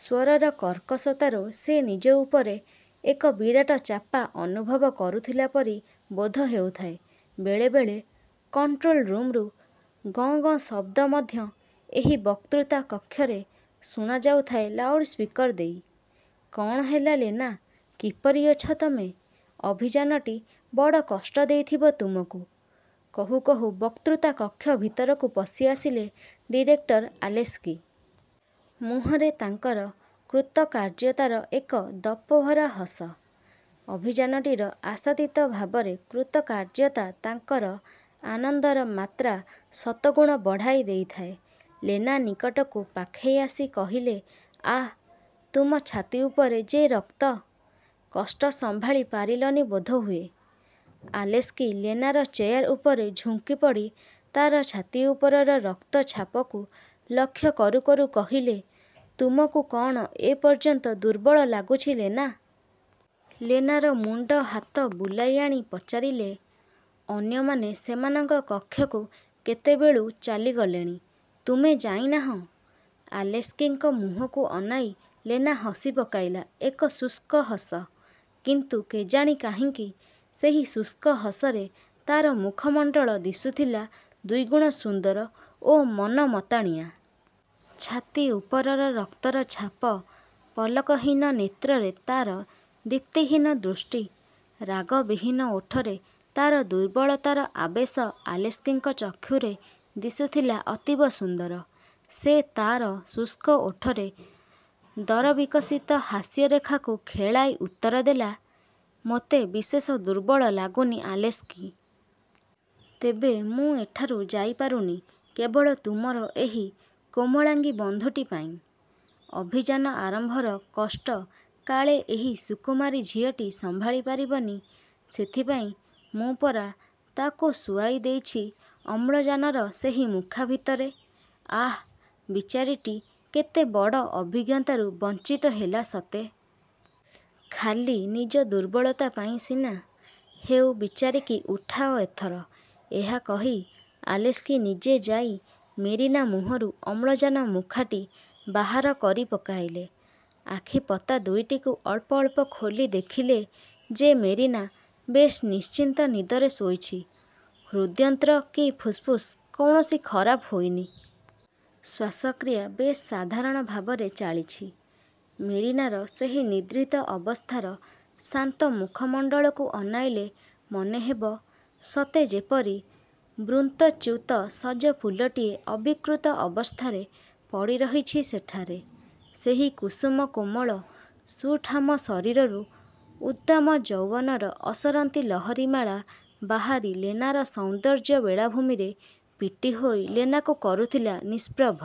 ସ୍ୱରର କର୍କଶତାରୁ ସେ ନିଜ ଉପରେ ଏକ ବିରାଟ ଚାପା ଅନୁଭବ କରୁଥିଲାପରି ବୋଧ ହେଉଥାଏ। ବେଳେବେଳେ କଣ୍ଟ୍ରୋଲ ରୁମ୍ରୁ ଗଁ ଗଁ ଶବ୍ଦ ମଧ୍ୟ ଏହି ବକ୍ତୃତା କକ୍ଷରେ ଶୁଣାଯାଉଥାଏ ଲାଉଡ଼୍ସ୍ପିକର୍ ଦେଇ। ''କ'ଣ ହେଲା ଲେନା, କିପରି ଅଛ ତମେ? ଅଭିଯାନଟି ବଡ଼ କଷ୍ଟ ଦେଇଥିବ ତୁମକୁ '' କହୁ କହୁ ବକ୍ତୃତା କକ୍ଷ ଭିତରକୁ ପଶିଆସିଲେ ଡିରେକ୍ଟର ଆଲେସ୍କି। ମୁହଁରେ ତାଙ୍କର କୃତକାର୍ଯ୍ୟତାର ଏକ ଦପଭରା ହସ। ଅଭିଯାନଟିର ଆଶାତୀତ ଭାବରେ କୃତକାର୍ଯ୍ୟତା ତାଙ୍କର ଆନନ୍ଦର ମାତ୍ରା ଶତଗୁଣ ବଢ଼ାଇ ଦେଇଥାଏ। ଲେନା ନିକଟକୁ ପାଖେଇ ଆସି କହିଲେ, ''ଆ, ତୁମ ଛାତି ଉପରେ ଯେ ରକ୍ତ? କଷ୍ଟ ସମ୍ଭାଳି ପାରିଲନି ବୋଧହୁଏ। '' ଆଲେସ୍କି ଲେନାର ଚେୟାର ଉପରେ ଝୁଙ୍କି ପଡ଼ି ତାର ଛାତି ଉପରର ରକ୍ତଛାପକୁ ଲକ୍ଷ୍ୟ କରୁ କରୁ କହିଲେ, ''ତୁମକୁ କ'ଣ ଏପର୍ଯ୍ୟନ୍ତ ଦୁର୍ବଳ ଲାଗୁଛି ଲେନା? '' ଲେନାର ମୁଣ୍ଡ ହାତ ବୁଲାଇଆଣି ପଚାରିଲେ, ''ଅନ୍ୟମାନେ ସେମାନଙ୍କ କକ୍ଷକୁ କେତେବେଳୁ ଚାଲିଗଲେଣି। ତୁମେ ଯାଇ ନାହଁ? '' ଆଲେସ୍କିଙ୍କ ମୁହଁକୁ ଅନାଇ ଲେନା ହସିପକାଇଲା ଏକ ଶୁଷ୍କ ହସ। କିନ୍ତୁ କେଜାଣି କାହିଁକି ସେହି ଶୁଷ୍କ ହସରେ ତାର ମୁଖମଣ୍ଡଳ ଦିଶୁଥିଲା ଦ୍ୱିଗୁଣ ସୁନ୍ଦର ଓ ମନମତାଣିଆ। ଛାତି ଉପରର ରକ୍ତର ଛାପ, ପଲକହୀନ ନେତ୍ରରେ ତାର ଦୀପ୍ତିହୀନ ଦୃଷ୍ଟି, ରାଗବିହୀନ ଓଠରେ ତାର ଦୁର୍ବଳତାର ଆବେଶ ଆଲେସ୍କିଙ୍କ ଚକ୍ଷୁରେ ଦିଶୁଥିଲା ଅତୀବ ସୁନ୍ଦର। ସେ ତା'ର ଶୁଷ୍କ ଓଠରେ ଦରବିକଶିତ ହାସ୍ୟରେଖାକୁ ଖେଳାଇ ଉତ୍ତର ଦେଲା, ''ମୋତେ ବିଶେଷ ଦୁର୍ବଳ ଲାଗୁନି ଆଲେସ୍କି-! ତେବେ ମୁଁ ଏଠାରୁ ଯାଇପାରୁନି କେବଳ ତୁମର ଏହି କୋମଳାଙ୍ଗୀ ବନ୍ଧୁଟି ପାଇଁ। ଅଭିଯାନ ଆରମ୍ଭର କଷ୍ଟ କାଳେ ଏହି ସୁକୁମାରୀ ଝିଅଟି ସମ୍ଭାଳି ପାରିବନି, ସେଥିପାଇଁ ମୁଁ ପରା ତା'କୁ ଶୁଆଇ ଦେଇଛି ଅମ୍ଳଜାନର ସେହି ମୁଖା ଭିତରେ। '' ''ଆଃ, ବିଚାରୀଟି କେତେ ବଡ଼ ଅଭିଜ୍ଞତାରୁ ବଞ୍ଚିତ ହେଲା ସତେ? ଖାଲି ନିଜ ଦୁର୍ବଳତା ପାଇଁ ସିନା। ହେଉ ବିଚାରୀକି ଉଠାଅ ଏଥର''-ଏହା କହି ଆଲେସ୍କି ନିଜେ ଯାଇ ମେରିନା ମୁହଁରୁ ଅମ୍ଳଜାନମୁଖାଟି ବାହାର କରି ପକାଇଲେ। ଆଖିପତା ଦୁଇଟିକୁ ଅଳ୍ପ ଅଳ୍ପ ଖୋଲି ଦେଖିଲେ ଯେ ମେରିନା ବେଶ୍ ନିଶ୍ଚିନ୍ତ ନିଦରେ ଶୋଇଛି। ହୃଦ୍ଯନ୍ତ୍ର କି ଫୁସ୍ଫୁସ୍ କୌଣସି ଖରାପ ହୋଇନି। ଶ୍ୱାସକ୍ରିୟା ବେଶ୍ ସାଧାରଣ ଭାବରେ ଚାଳିଛି। ମେରିନାର ସେହି ନିଦ୍ରିତ ଅବସ୍ଥାର ଶାନ୍ତ ମୁଖମଣ୍ଡଳକୁ ଅନାଇଲେ ମନେ ହେବ, ସତେ ଯେପରି ବୃନ୍ତଚ୍ୟୂତ ସଜ ଫୁଲଟିଏ ଅବିକୃତ ଅବସ୍ଥାରେ ପଡ଼ିରହିଛି ସେଠାରେ। ସେହି କୁସୁମ କୋମଳ ସୁଠାମ ଶରୀରରୁ ଉଦ୍ଦାମ ଯୌବନର ଅସରନ୍ତି ଲହରୀମାଳା ବାହାରି ଲେନାର ସୌନ୍ଦର୍ଯ୍ୟ ବେଳାଭୂମିରେ ପିଟିହୋଇ ଲେନାକୁ କରୁଥିଲା ନିଷ୍ପ୍ରଭ।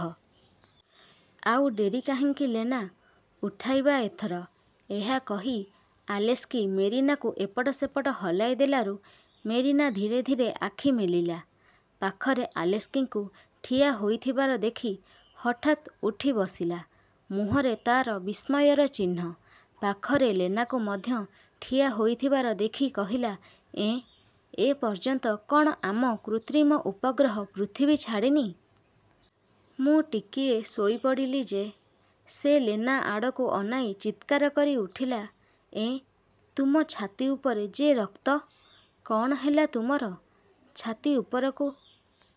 ''ଆଉ ଡେରି କାହିଁକି ଲେନା? ଉଠାଇବା ଏଥର। ''-ଏହା କହି ଆଲେସ୍କି ମେରିନାକୁ ଏପଟ ସେପଟ ହଲାଇଦେଲାରୁ ମେରିନା ଧୀରେ ଧୀରେ ଆଖି ମେଲିଲା। ପାଖରେ ଆଲେସ୍କିଙ୍କୁ ଠିଆ ହୋଇଥିବାର ଦେଖି ହଠାତ୍ ଉଠି ବସିଲା। ମୁହଁରେ ତା'ର ବିସ୍ମୟର ଚିହ୍ନ। ପାଖରେ ଲେନାକୁ ମଧ୍ୟ ଠିଆ ହୋଇଥିବାର ଦେଖି କହିଲା, ''ଏଁ, ଏପର୍ଯ୍ୟନ୍ତ କ'ଣ ଆମ କୃତ୍ରିମ ଉପଗ୍ରହ ପୃଥିବୀ ଛାଡ଼ିନି? ମୁଁ ଟିକିଏ ଶୋଇ ପଡ଼ିଲି ଯେ। '' ସେ ଲେନା ଆଡ଼କୁ ଅନାଇ ଚିତ୍କାର କରି ଉଠିଲା, 'ଏଁ, ତୁମ ଛାତି ଉପରେ ଯେ ରକ୍ତ? କ'ଣ ହେଲା ତୁମର? ଛାତି ଉପରକୁ